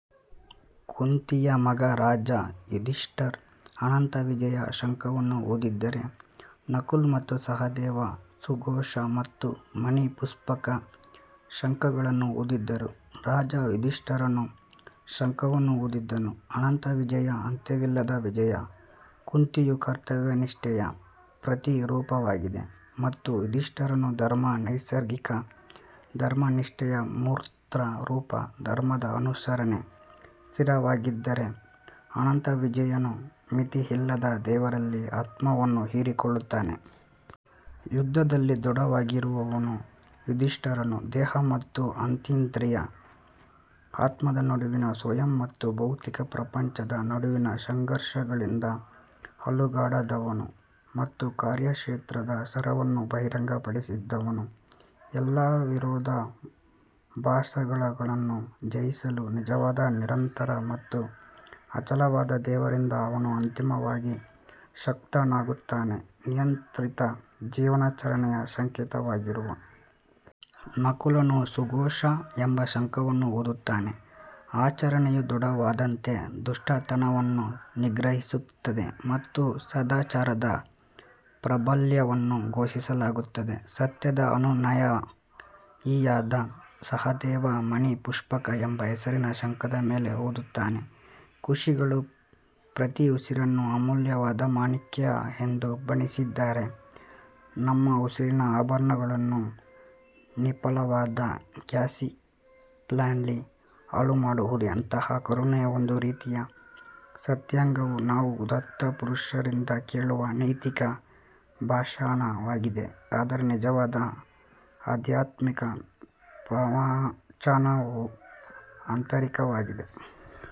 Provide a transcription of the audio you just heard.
ಕುಂತಿಯ ಮಗ ರಾಜ ಯುಧಿಷ್ಠರ್ ಅನಂತವಿಜಯ ಶಂಖವನ್ನು ಊದಿದರೆ ನಕುಲ್ ಮತ್ತು ಸಹದೇವ ಸುಘೋಷ ಮತ್ತು ಮಣಿಪುಷ್ಪಕ ಶಂಖಗಳನ್ನು ಊದಿದರು. ರಾಜ ಯುಧಿಷ್ಠಿರನು ಶಂಖವನ್ನು ಊದಿದನು ಅನಂತವಿಜಯ ಅಂತ್ಯವಿಲ್ಲದ ವಿಜಯ ಕುಂತಿಯು ಕರ್ತವ್ಯನಿಷ್ಠೆಯ ಪ್ರತಿರೂಪವಾಗಿದೆ ಮತ್ತು ಯುಧಿಷ್ಠಿರನು ಧರ್ಮ ನೈಸರ್ಗಿಕ ಧರ್ಮನಿಷ್ಠೆಯ ಮೂರ್ತರೂಪ ಧರ್ಮದ ಅನುಸರಣೆ ಸ್ಥಿರವಾಗಿದ್ದರೆ ಅನಂತವಿಜಯನು ಮಿತಿಯಿಲ್ಲದ ದೇವರಲ್ಲಿ ಆತ್ಮವನ್ನು ಹೀರಿಕೊಳ್ಳುತ್ತಾನೆ. ಯುದ್ಧದಲ್ಲಿ ದೃಢವಾಗಿರುವವನು ಯುಧಿಷ್ಠಿರನು ದೇಹ ಮತ್ತು ಅತೀಂದ್ರಿಯ ಆತ್ಮದ ನಡುವಿನ ಸ್ವಯಂ ಮತ್ತು ಭೌತಿಕ ಪ್ರಪಂಚದ ನಡುವಿನ ಸಂಘರ್ಷಗಳಿಂದ ಅಲುಗಾಡದವನು ಮತ್ತು ಕಾರ್ಯಕ್ಷೇತ್ರದ ಸಾರವನ್ನು ಬಹಿರಂಗಪಡಿಸಿದವನು. ಎಲ್ಲಾ ವಿರೋಧಾಭಾಸಗಳನ್ನು ಜಯಿಸಲು ನಿಜವಾದ ನಿರಂತರ ಮತ್ತು ಅಚಲವಾದ ದೇವರಿಂದ ಅವನು ಅಂತಿಮವಾಗಿ ಶಕ್ತನಾಗುತ್ತಾನೆ. ನಿಯಂತ್ರಿತ ಜೀವನಾಚರಣೆಯ ಸಂಕೇತವಾಗಿರುವ ನಕುಲನು ಸುಘೋಷ ಎಂಬ ಶಂಖವನ್ನು ಊದುತ್ತಾನೆ ಆಚರಣೆಯು ದೃಢವಾದಂತೆ ದುಷ್ಟತನವನ್ನು ನಿಗ್ರಹಿಸುತ್ತದೆ ಮತ್ತು ಸದಾಚಾರದ ಪ್ರಾಬಲ್ಯವನ್ನು ಘೋಷಿಸಲಾಗುತ್ತದೆ ಸತ್ಯದ ಅನುಯಾಯಿಯಾದ ಸಹದೇವ ಮಣಿಪುಷ್ಪಕ ಎಂಬ ಹೆಸರಿನ ಶಂಖದ ಮೇಲೆ ಊದುತ್ತಾನೆ ಋಷಿಗಳು ಪ್ರತಿ ಉಸಿರನ್ನು ಅಮೂಲ್ಯವಾದ ಮಾಣಿಕ್ಯ ಎಂದು ಬಣ್ಣಿಸಿದ್ದಾರೆ ನಮ್ಮ ಉಸಿರಿನ ಆಭರಣಗಳನ್ನು ನಿಷ್ಫಲವಾದ ಗಾಸಿಪ್ನಲ್ಲಿ ಹಾಳುಮಾಡುವುದು ಎಂತಹ ಕರುಣೆ ಒಂದು ರೀತಿಯ ಸತ್ಸಂಗವು ನಾವು ಉದಾತ್ತ ಪುರುಷರಿಂದ ಕೇಳುವ ನೈತಿಕ ಭಾಷಣವಾಗಿದೆ ಆದರೆ ನಿಜವಾದ ಆಧ್ಯಾತ್ಮಿಕ ಪ್ರವಚನವು ಆಂತರಿಕವಾಗಿದೆ.